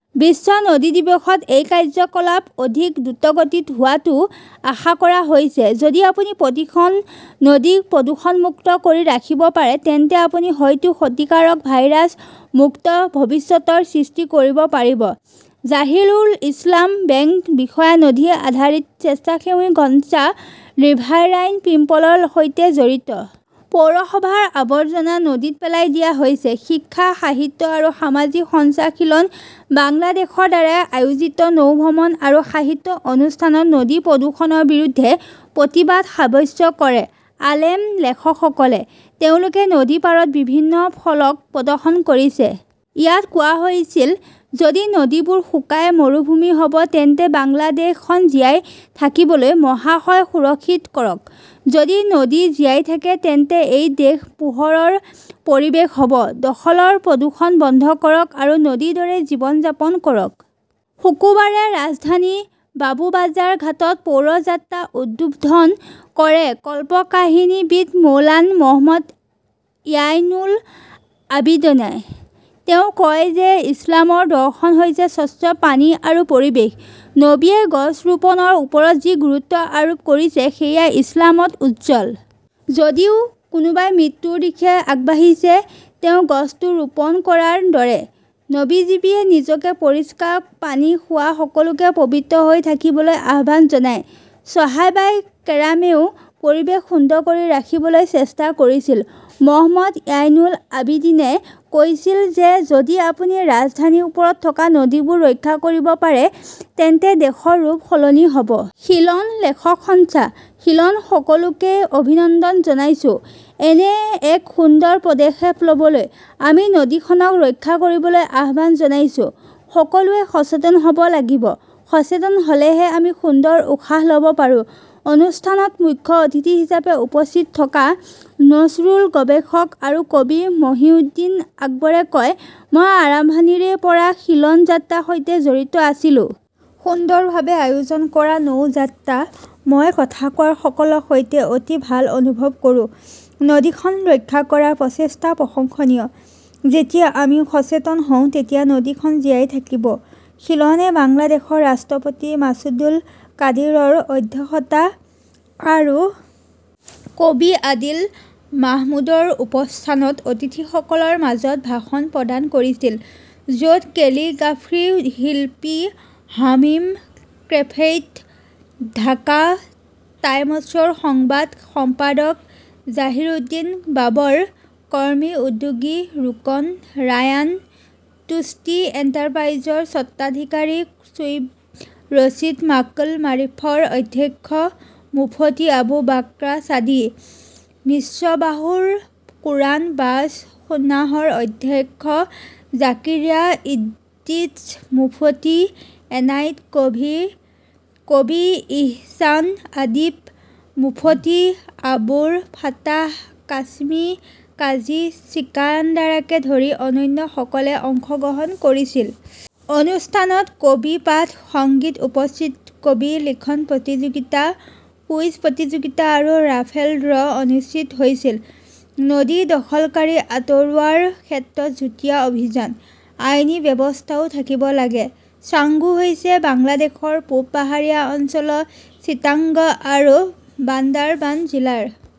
বিশ্ব নদী দিৱসত এই কাৰ্যকলাপ অধিক দ্ৰুতগতিত হোৱাটো আশা কৰা হৈছে। যদি আপুনি প্ৰতিখন নদীক প্ৰদূষণমুক্ত কৰি ৰাখিব পাৰে তেন্তে আপুনি হয়তো ক্ষতিকাৰক ভাইৰাছ মুক্ত ভৱিষ্যতৰ সৃষ্টি কৰিব পাৰিব। জাহিৰুল ইছলাম বেংক বিষয়া, নদী-আধাৰিত স্বেচ্ছাসেৱী সংস্থা ৰিভাৰাইন পিপলৰ সৈতে জড়িত। পৌৰসভাৰ আৱৰ্জনা নদীত পেলাই দিয়া হৈছে । শিক্ষা, সাহিত্য আৰু সামাজিক সংস্থা শীলন বাংলাদেশৰ দ্বাৰা আয়োজিত নৌ ভ্ৰমণ আৰু সাহিত্য অনুষ্ঠানত নদীৰ প্ৰদূষণৰ বিৰুদ্ধে প্ৰতিবাদ সাব্যস্ত কৰে আলেম লেখকসকলে। তেওঁলোকে নদীৰ পাৰত বিভিন্ন ফলক প্ৰদৰ্শন কৰিছে। ইয়াত কোৱা হৈছিল, যদি নদীবোৰ শুকাই মৰুভূমি হ'ব তেন্তে বাংলাদেশ খন জীয়াই থাকিবলৈ, মহাশয় সুৰক্ষিত কৰক। যদি নদী জীয়াই থাকে তেন্তে এই দেশ পোহৰৰ পৰিৱেশ হ 'ব। দখলৰ প্ৰদূষণ বন্ধ কৰক আৰু নদীৰ দৰে জীৱন যাপন কৰক । শুকুবাৰে ৰাজধানীৰ বাবুবাজাৰ ঘাটত পৌৰ যাত্ৰাৰ উদ্বোধন কৰে কল্পকাহিনীবিদ মৌলানা মহম্মদ য়াইনুল আবিদিনে। তেওঁ কয় যে ইছলামৰ দৰ্শন হৈছে স্বচ্ছ পানী আৰু পৰিৱেশ। নবীয়ে গছ ৰোপণৰ ওপৰত যি গুৰুত্ব আৰোপ কৰিছে সেয়া ইছলামত উজ্জ্বল। যদিও কোনোবাই মৃত্যুৰ দিশে আগবাঢ়িছে, তেওঁ গছটো ৰোপণ কৰাৰ দৰে। নবীজীয়ে নিজকে পৰিষ্কাৰ পানী খোৱা সকলোকে পবিত্ৰ হৈ থাকিবলৈ আহ্বান জনায়। চহাবাই কেৰামেও পৰিৱেশ সুন্দৰ কৰি ৰাখিবলৈ চেষ্টা কৰিছিল। মহম্মদ য়াইনুল আবিদীনে কৈছিল যে যদি আপুনি ৰাজধানীৰ ওপৰত থকা নদীবোৰ ৰক্ষা কৰিব পাৰে তেন্তে দেশৰ ৰূপ সলনি হ 'ব। শীলন লেখক সংস্থা । শীলন সকলোকে অভিনন্দন জনাইছো। এনে এক সুন্দৰ পদক্ষেপ ল'বলৈ। আমি নদীখনক ৰক্ষা কৰিবলৈ আহ্বান জনাইছো। সকলোৱে সচেতন হ'ব লাগিব। সচেতন হ'লেহে আমি সুন্দৰ উশাহ ল'ব পাৰোঁ। অনুষ্ঠানত মুখ্য অতিথি হিচাপে উপস্থিত থকা নজৰুল গৱেষক আৰু কবি মহিউদ্দিন আকবৰে কয়, "মই আৰম্ভণিৰে পৰাই শীলন যাত্ৰাৰ সৈতে জড়িত আছিলো। সুন্দৰভাৱে আয়োজন কৰা নৌ যাত্ৰা। মই কথা কোৱাসকলৰ সৈতে অতি ভাল অনুভৱ কৰোঁ। নদীখন ৰক্ষা কৰাৰ প্ৰচেষ্টা প্ৰশংসনীয়। যেতিয়া আমি সচেতন হওঁ তেতিয়া নদীখন জীয়াই থাকিব। শীলনে বাংলাদেশৰ ৰাষ্ট্ৰপতি মাছুদুল কাদিৰৰ অধ্যক্ষতাত আৰু কবি আদিল মাহমুদৰ উপস্থাপনত অতিথিসকলৰ মাজত ভাষণ প্ৰদান কৰিছিল, য'ত কেলিগ্ৰাফী শিল্পী হামিম কেফেইট, ঢাকা টাইমছৰ সংবাদ সম্পাদক জাহিৰউদ্দিন বাবৰ, ক'মি উদ্যোগী ৰোকন ৰায়ান, তুষ্টি এণ্টাৰপ্ৰাইজৰ স্বত্বাধিকাৰী শ্বুইব ৰছিদ, মাৰ্কুল মাৰিফৰ অধ্যক্ষ মুফতি আবু বাকাৰ ছাদি, মিছবাহুল কুৰাণ ৱাছ সুন্নাহৰ অধ্যক্ষ জাকৰিয়া ইদ্ৰিছ, মুফতি এনায়েট কবীৰ, কবি ইহছান আদিব, মুফতি আবুল ফাতাহ কাছিমি, কাজী চিকাণ্ডাৰকে ধৰি অন্যান্যসকলে অংশগ্ৰহণ কৰিছিল। অনুষ্ঠানত কবিতা পাঠ, সংগীত, উপস্থিত কবিতা লিখন প্ৰতিযোগিতা, কুইজ প্ৰতিযোগিতা আৰু ৰাফেল ড্ৰ' অনুষ্ঠিত হৈছিল। নদী দখলকাৰী আঁতৰোৱাৰ ক্ষেত্ৰত যুটীয়া অভিযান, আইনী ব্যৱস্থাও থাকিব লাগে । চাঙ্গু হৈছে বাংলাদেশৰ পূব পাহাৰীয়া অঞ্চলৰ চিটাগং আৰু বান্দাৰবান জিলাৰ